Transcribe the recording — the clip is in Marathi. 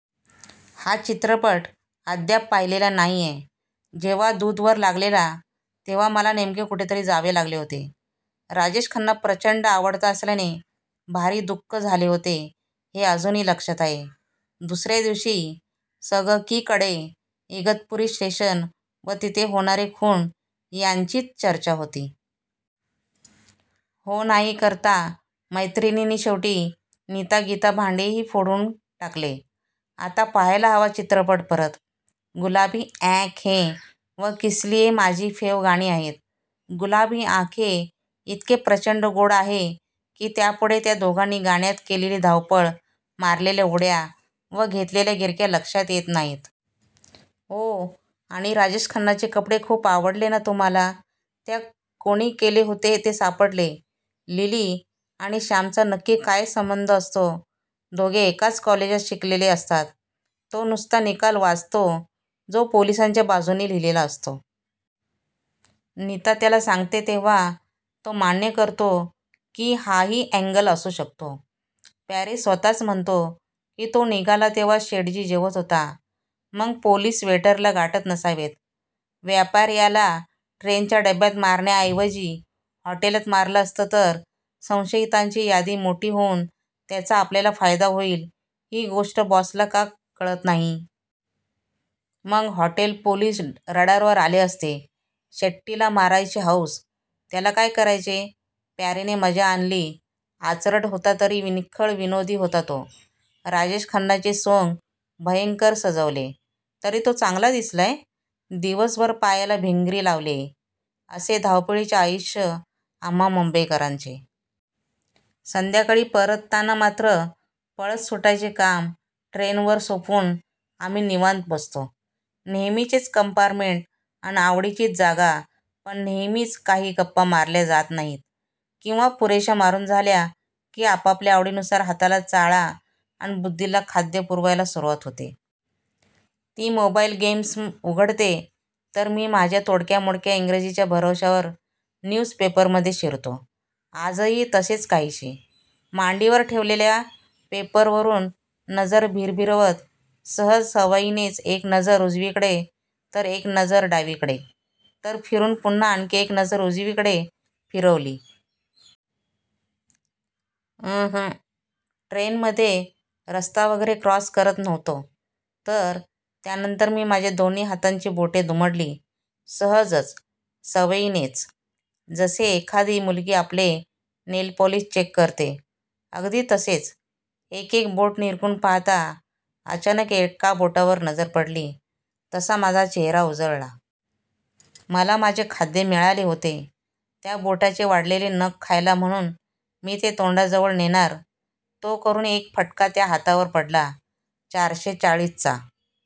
हा चित्रपट अद्याप पाहिलेला नाहीय. जेव्हा दुदवर लागलेला तेव्हा मला नेमके कुठेतरी जावे लागले होते. राजेश खन्ना प्रचंड आवडता असल्याने भारी दुःख झाले होते हे अजूनही लक्षात आहे. दुसऱ्या दिवशी सगकीकडे इगतपुरी स्टेशन व तिथे होणारे खून यांचीच चर्चा होती. हो नाही करता मैत्रिणींनी शेवटी नीता गीता भांडेही फोडून टाकले. आता पाहायला हवा चित्रपट परत. गुलाबी अँखे व किसलीये माझी फेव गाणी आहेत. गुलाबी आंखे इतके प्रचंड गोड आहे की त्यापुढे त्या दोघांनी गाण्यात केलेली धावपळ, मारलेल्या उड्या व घेतलेल्या गिरक्या लक्षात येत नाहीत. ओ आणि राजेश खन्नाचे कपडे खुप आवडले ना तुम्हाला ते कोणी केले होते ते सापडले -लिली आणि श्यामचा नक्की काय संबंध असतो? "दोघे एकाच कॉलेजात शिकलेले असतात. तो नुसता निकाल वाचतो, जो पोलिसांच्या बाजूने लिहिलेला असतो. नीता त्याला सांगते तेव्हा तो मान्य करतो की हाही अँगल असु शकतो. प्यारे स्वतःच म्हणतो की तो निघाला तेव्हा शेटजी जेवत होता. मग पोलीस वेटरला गाठत नसावेत. व्यापार्याला ट्रेनच्या डब्यात मारण्याऐवजी हॉटेलात मारलं असतं तर संशयितांची यादी मोठी होऊन त्याचा आपल्याला फायदा होईल ही गोष्ट बॉसला का कळत नाही? मग हॉटेल पोलीस रडारवर आले असते. शेट्टी ला मारायची हौस, त्याला काय करायचे. प्यारेने मजा आणली. आचरट होता तरी निखळ विनोदी होता तो. राजेश खन्नाचे सोंग भयंकर सजवलेय. तरी तो चांगला दिसलाय. दिवसभर पायाला भिंगरी लावलीय, असे धावपळीचे आयुष्य आम्हा मुंबईकरांचे. संध्याकाळी परतताना मात्र पळत सुटायचे काम ट्रेनवर सोपवून आम्ही निवांत बसतो.. नेहमीचेच कंपार्टमेंट, अन आवडीचीच जागा, पण नेहमीच काही गप्पा मारल्या जात नाहीत किंवा पुरेश्या मारून झाल्या की आपापल्या आवडीनुसार हाताला चाळा अन बुद्धीला खाद्य पुरवायला सुरुवात होते. ती मोबाईल गेम्स उघडते, तर मी माझ्या तोडक्यामोडक्या ईंग्रजीच्या भरवश्यावर न्यूजपेपरमध्ये शिरतो. आजही तसेच काहीसे.. मांडीवर ठेवलेल्या पेपर वरून नजर भिरभिरवत सहज सवयीनेच एक नजर उजवीकडे तर एक नजर डावीकडे.. तर फिरून पुन्हा आणखी एक नजर उजवीकडे फिरवली.. अंह, ट्रेनमध्ये रस्ता वगैरे क्रॉस करत नव्हतो.. तर, त्यानंतर मी माझ्या दोन्ही हातांची बोटे दुमडली.. सहजच.. सवयीनेच.. जसे एखादी मुलगी आपले नेलपॉलिश चेक करते, अगदी तसेच.. एक एक बोट निरखून पाहता अचानक एका बोटावर नजर पडली तसा माझा चेहरा उजळला. मला माझे खाद्य मिळाले होते. त्या बोटाचे वाढलेले नख खायला म्हणून मी ते तोंडाजवळ नेणार, तो करून एक फटका त्या हातावर पडला.. चारशे चाळीसचा